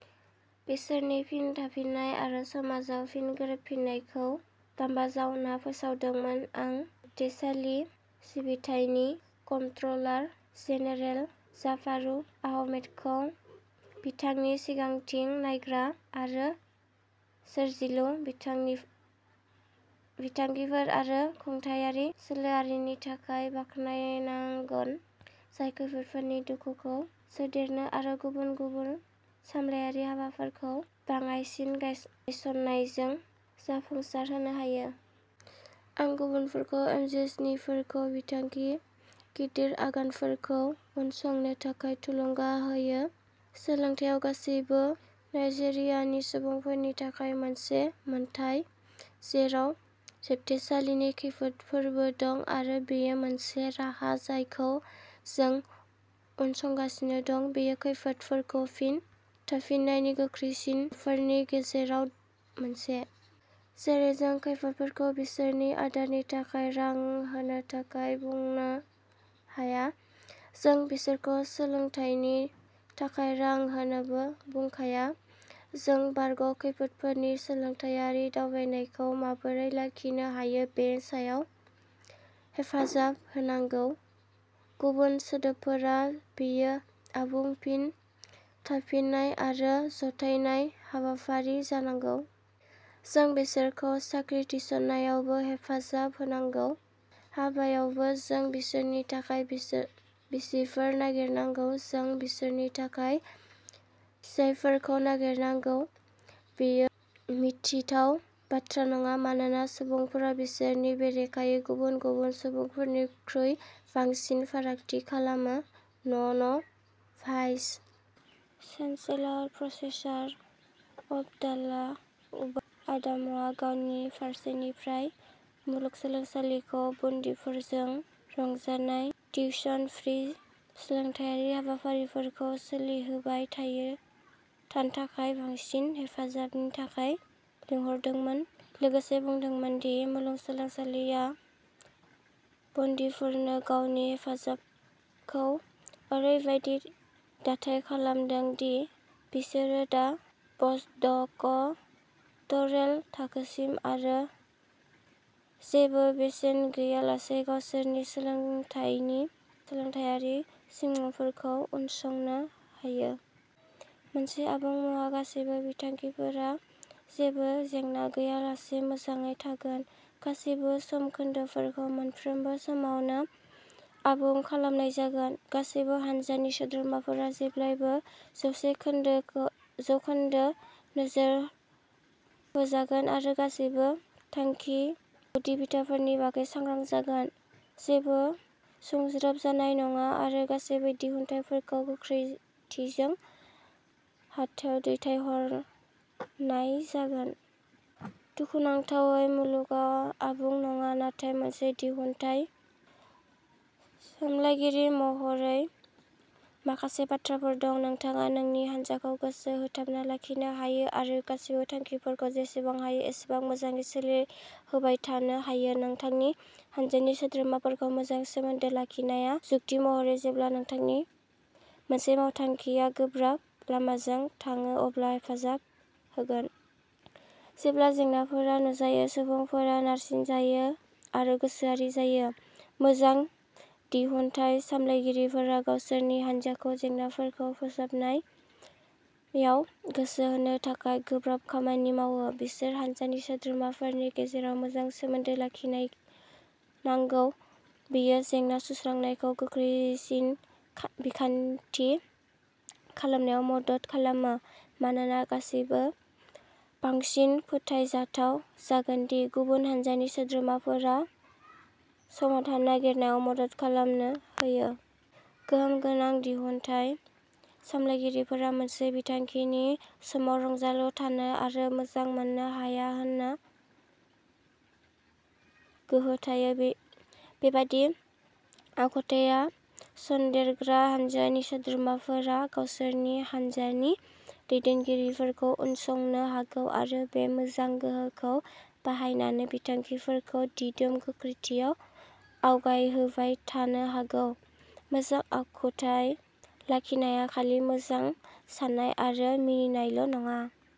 बिसोरनि फिन थाफिन्नाय आरो समाजआव फिन गोरोबफिन्नायखौ दाम्बाजाउआ फोसावदोंमोन आं जोबथेसालि सिबिथायनि कनट्रलार जेनेरेल जाफारु आहमेदखौ बिथांनि सिगांथिं नायग्रा आरो सोरजिलु बिथांखिफोर आरो खुंथायारि सोलोआरिनि थाखाय बाख्नायनांगोन, जाय खैदिफोरनि दुखुखौ सोदेरनो आरो गुबुन गुबुन सामलायारि हाबाफोरखौ बाङायसिन नायसंनायजों जाफुंसारहोनो हायो। आं गुबुन एजेन्सिफोरखौ बिथांनि गिदिर आगानफोरखौ उनसंनो थाखाय थुलुंगा होयो। सोलोंथायआव गासैबो नाइजेरियानि सुबुंफोरनि थाखाय मोनसे मोनथाय, जेराव जोबथेसालिनि खैदिफोरबो दं आरो बेयो मोनसे राहा जायखौ जों उनसंगासिनो दं। बेयो खैदिफोरखौ फिन थाफिननायनि गोख्रैसिनफोरनि गेजेराव मोनसे। जेरै जों खैदिफोरखौ बिसोरनि आदारनि थाखाय रां होनो थाखाय बुंनो हाया, जों बिसोरखौ सोलोंथाइनि थाखाय रां होनोबो बुंखाङा। जों बारग' खैदिफोरनि सोलोंथायारि दावगानायखौ माबोरै लाखिनो हायो बेनि सायाव हेफाजाब होनांगौ। गुबुन सोदोबफोर, बेयो आबुं फिन थाफिननाय आरो जथायनाय हाबाफारि जानांगौ। जों बिसोरखौ साख्रि थिसननायावबो हेफाजाब होनांगौ। हाबायावबो, जों बिसोरनि थाखाय बिसोर बिसिफोर नागिरनांगौ, जों बिसोरनि थाखाय फिसायफोरखौ नागिरनांगौ। बेयो मिनिथाव बाथ्रा नङा मानोना सुबुंफोरा बिसोरनि बेरेखायै गुबुन गुबुन सुबुंफोरनिख्रुइ बांसिन फारागथि खालामो। न'न' भाइस चेन्सेलर, प्रफेसार अब्दाल्ला उबा आदामुआ गावनि फारसेनिफ्राय मुलुगसोलोंसालिखौ बन्दिफोरजों रंजानाय टिउशन-फ्री सोलोंथायारि हाबाफारिफोरखौ सोलिहोबाय थानो थाखाय बांसिन हेफाजाबनि थाखाय लिंहरदोंमोन, लोगोसे बुंदोंमोन दि मुलुगसोलोंसालिया बन्दिफोरनो गावनि हेफाजाबखौ ओरैबायदि दाथाय खालामदों दि बिसोरो दा पस्टड'क'टरेल थाखोसिम आरो जेबो बेसेन गैयालासे गावसोरनि सोलोंथाइनि सोलोंथायारि सिमांफोरखौ उनसंनो हायो। मोनसे आबुं मुवा, गासैबो बिथांखिफोरा जेबो जेंना गैयालासे मोजाङै थागोन। गासैबो समखोन्दोफोरखौ मोनफ्रोम समावनो आबुं खालामनाय जागोन। गासैबो हानजानि सोद्रोमाफोरा जेब्लायबो जौसे खोन्दो जौखोन्दो नोजोर होजागोन आरो गासैबो थांखि गुदि-खिथाफोरनि बागै सांग्रां जागोन। जेबो सुंज्रोब जानाय नङा, आरो गासैबो दिहुनथायफोरखौ गोख्रैथिजों हाथायाव दैथायहरनाय जागोन। दुखुनांथावै, मुलुगआ आबुं नङा। नाथाय मोनसे दिहुनथाय सामलायगिरि महरै, माखासे बाथ्राफोर दं। नोंथाङा नोंनि हान्जाखौ गोसो होथाबना लाखिनो हायो आरो गासैबो बिथांखिफोरखौ जेसेबां हायो एसेबां मोजाङै सोलिहोबाय थानो हायो। नोंथांनि हान्जानि सोद्रोमाफोरखौ मोजां सोमोन्दो लाखिनाया, जुक्ति महरै, जेब्ला मोनसे मावथांखिआ गोब्राब लामाजों थाङो अब्ला हेफाजाब होगोन। जेब्ला जेंनाफोर नुजायो, सुबुंफोरा नारसिनजायो आरो गोसोआरि जायो; मोजां दिहुनथाय सामलायगिरिफोरा गावसोरनि हान्जाखौ जेंनाफोरखौ फोजोबनायाव गोसो होनो थाखाय गोब्राब खामानि मावो। बिसोर हानजानि सोद्रोमाफोरनि गेजेराव मोजां सोमोन्दो लाखिनांगौ-बेयो जेंना-सुस्रांनायखौ गोख्रैसिन बिखान्थि खालामनायाव मदद खालामो, मानोना गासैबो बांसिन फोथायजाथाव जागोन दि गुबुन हान्जानि सोद्रोमाफोरा समाधान नागिरनायाव मदद खालामनो हायो। गोहोम गोनां दिहुनथाय सामलायगिरिफोरा मोनसे बिथांखिनि समाव रंजालु थानो आरो मोजां साननो हानाय होनना गोहो थायो। बेबादि आखुथाया सनदेरग्रा हानजानि सोद्रोमाफोरा गावसोरनि हानजानि दैदेनगिरिफोरखौ उनसंनो हागौ आरो बे मोजां गोहोखौ बाहायनानै बिथांखिफोरखौ दिदोम गोख्रैथियाव आवगायहोबाय थानो हागौ। मोजां आखुथाय लाखिनाया खालि मोजां साननाय आरो मिनिनायल' नङा।